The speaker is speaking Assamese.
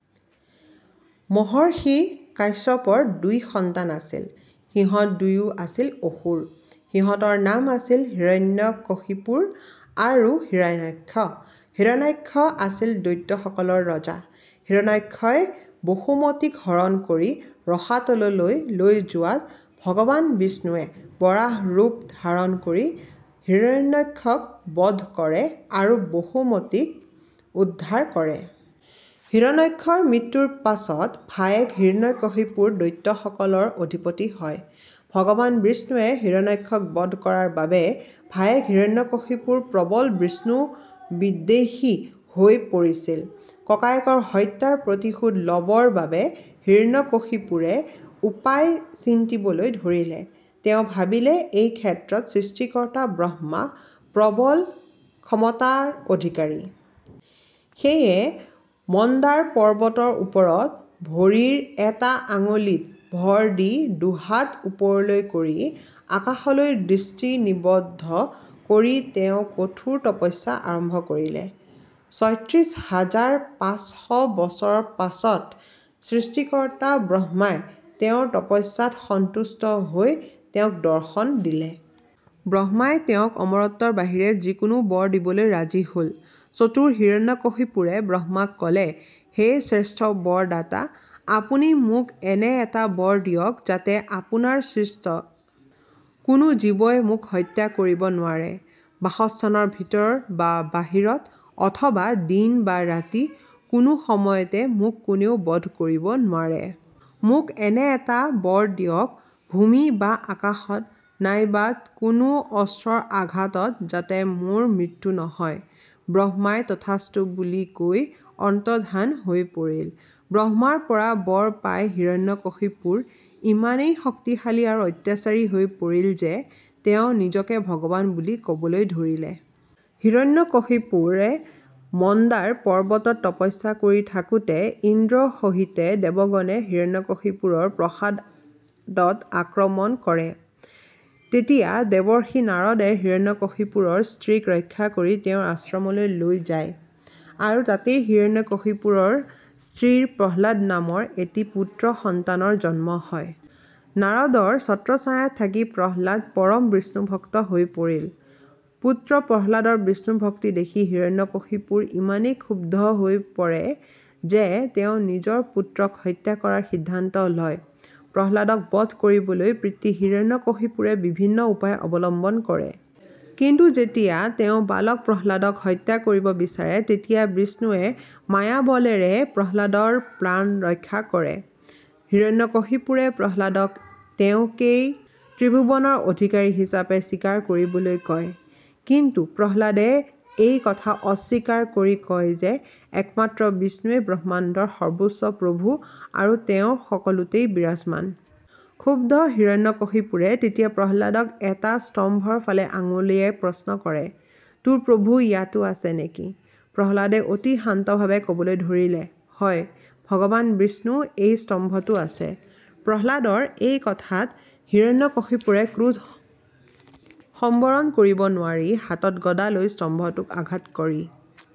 মহৰ্ষি কাশ্যপৰ দুই সন্তান আছিল। সিহঁত দুয়ো আছিল অসুৰ। সিহঁতৰ নাম আছিল হিৰণ্যকশিপুৰ আৰু হিৰণ্যাক্ষ। হিৰণ্যাক্ষ আছিল দৈত্যসকলৰ ৰজা। হিৰণ্যাক্ষই বসুমতীক হৰণ কৰি ৰসাতললৈ লৈ যোৱাত ভগৱান বিষ্ণুয়ে বৰাহ ৰূপ ধাৰণ কৰি হিৰণ্যাক্ষক বধ কৰে আৰু বসুমতীক উদ্ধাৰ কৰে। হিৰণ্যাক্ষৰ মৃত্যুৰ পাছত ভায়েক হিৰণ্যকশিপুৰ দৈত্যসকলৰ অধিপতি হয়। ভগৱান বিষ্ণুয়ে হিৰণ্যাক্ষক বধ কৰাৰ বাবে ভায়েক হিৰণ্যকশিপুৰ প্ৰৱল বিষ্ণুবিদ্বেষী হৈ পৰিছিল। ককায়েকৰ হত্যাৰ প্ৰতিশোধ লবৰ বাবে হিৰণ্যকশিপুৰে উপায় চিন্তিবলৈ ধৰিলে। তেওঁ ভাবিলে এই ক্ষেত্ৰত সৃষ্টিকৰ্তা ব্ৰহ্মা প্ৰৱল ক্ষমতাৰ অধিকাৰী। সেয়ে মন্দাৰ পৰ্বতৰ ওপৰত ভৰিৰ এটা আঙুলিত ভৰ দি দুহাত ওপৰলৈ কৰি আকাশলৈ দৃষ্টি নিৱদ্ধ কৰি তেওঁ কঠোৰ তপস্যা আৰম্ভ কৰিলে। ছয়ত্ৰিশ হাজাৰ পাঁচশ বছৰ পাছত সৃষ্টিকৰ্তা ব্ৰহ্মাই তেওঁৰ তপস্যাত সন্তুষ্ট হৈ তেওঁক দৰ্শন দিলে। ব্ৰহ্মাই তেওঁক অমৰত্বৰ বাহিৰে যিকোনো বৰ দিবলৈ ৰাজি হ'ল। চতুৰ হিৰণ্যকশিপুৰে ব্ৰহ্মাক ক'লে, 'হে শ্ৰেষ্ঠ বৰদাতা, আপুনি মোক এনে এটা বৰ দিয়ক যাতে আপোনাৰ সৃষ্ট কোনো জীৱই মোক হত্যা কৰিব নোৱাৰে; বাসস্থানৰ ভিতৰ বা বাহিৰত অথবা দিন বা ৰাতি কোনো সময়তে মোক কোনেও বধ কৰিব নোৱাৰে। মোক এনে এটা বৰ দিয়ক ভূমি বা আকাশত নাইবা কোনো অস্ত্ৰৰ আঘাতত যাতে মোৰ মৃত্যু নহয়। ' ব্ৰহ্মাই তথাস্তু বুলি কৈ অন্তৰ্ধান হৈ পৰিল। ব্ৰহ্মাৰপৰা বৰ পাই হিৰণ্যকশিপুৰ ইমানেই শক্তিশালী আৰু অত্যাচাৰী হৈ পৰিল যে তেওঁ নিজকে ভগৱান বুলি কবলৈ ধৰিলে। হিৰণ্যকশিপুৰে মন্দাৰ পৰ্বতত তপস্যা কৰি থাকোতে ইন্দ্ৰ সহিতে দেৱগণে হিৰণ্যকশিপুৰৰ প্ৰাসাদত আক্ৰমণ কৰে। তেতিয়া দেৱৰ্ষি নাৰদে হিৰণ্যকশিপুৰৰ স্ত্ৰীক ৰক্ষা কৰি তেওঁৰ আশ্ৰমলৈ লৈ যায় আৰু তাতেই হিৰণ্যকশিপুৰৰ স্ত্ৰীৰ প্ৰহ্লাদ নামৰ এটি পুত্ৰ সন্তানৰ জন্ম হয়। নাৰদৰ ছত্ৰছায়াত থাকি প্ৰহ্লাদ পৰম বিষ্ণুভক্ত হৈ পৰিল। পুত্ৰ প্ৰহ্লাদৰ বিষ্ণুভক্তি দেখি হিৰণ্যকশিপুৰ ইমানেই ক্ষুব্ধ হৈ পৰে যে তেওঁ নিজ পুত্ৰক হত্যা কৰাৰ সিদ্ধান্ত লয়। প্ৰহ্লাদক বধ কৰিবলৈ পিতৃ হিৰণ্যকশিপুৰে বিভিন্ন উপায় অৱলম্বন কৰে। কিন্তু যেতিয়াই তেওঁ বালক প্ৰহ্লাদক হত্যা কৰিব বিচাৰে তেতিয়াই বিষ্ণুয়ে মায়াবলেৰে প্ৰহ্লাদৰ প্ৰাণ ৰক্ষা কৰে। হিৰণ্যকশিপুৰে প্ৰহ্লাদক তেওঁকেই ত্ৰিভূৱনৰ অধিকাৰী হিচাপে স্বীকাৰ কৰিবলৈ কয়। কিন্তু প্ৰহ্লাদে এই কথা অস্বীকাৰ কৰি কয় যে একমাত্ৰ বিষ্ণুয়েই ব্ৰহ্মাণ্ডৰ সৰ্বোচ্চ প্ৰভূ আৰু তেওঁ সকলোতে বিৰাজমান। ক্ষুব্ধ হিৰণ্যকশিপুৰে তেতিয়া প্ৰহ্লাদক এটা স্তম্ভৰ ফালে আঙুলিয়াই প্ৰশ্ন কৰে 'তোৰ প্ৰভূ ইয়াতো আছে নেকি? 'প্ৰহ্লাদে অতি শান্তভাবে ক'বলৈ ধৰিলে, 'হয়, ভগৱান বিষ্ণু এই স্তম্ভতো আছে। ' প্ৰহ্লাদৰ এই কথাত হিৰণ্যকশিপুৰে ক্ৰোধ সম্বৰণ কৰিব নোৱাৰি হাতত গদা লৈ স্তম্ভটোত আঘাত কৰি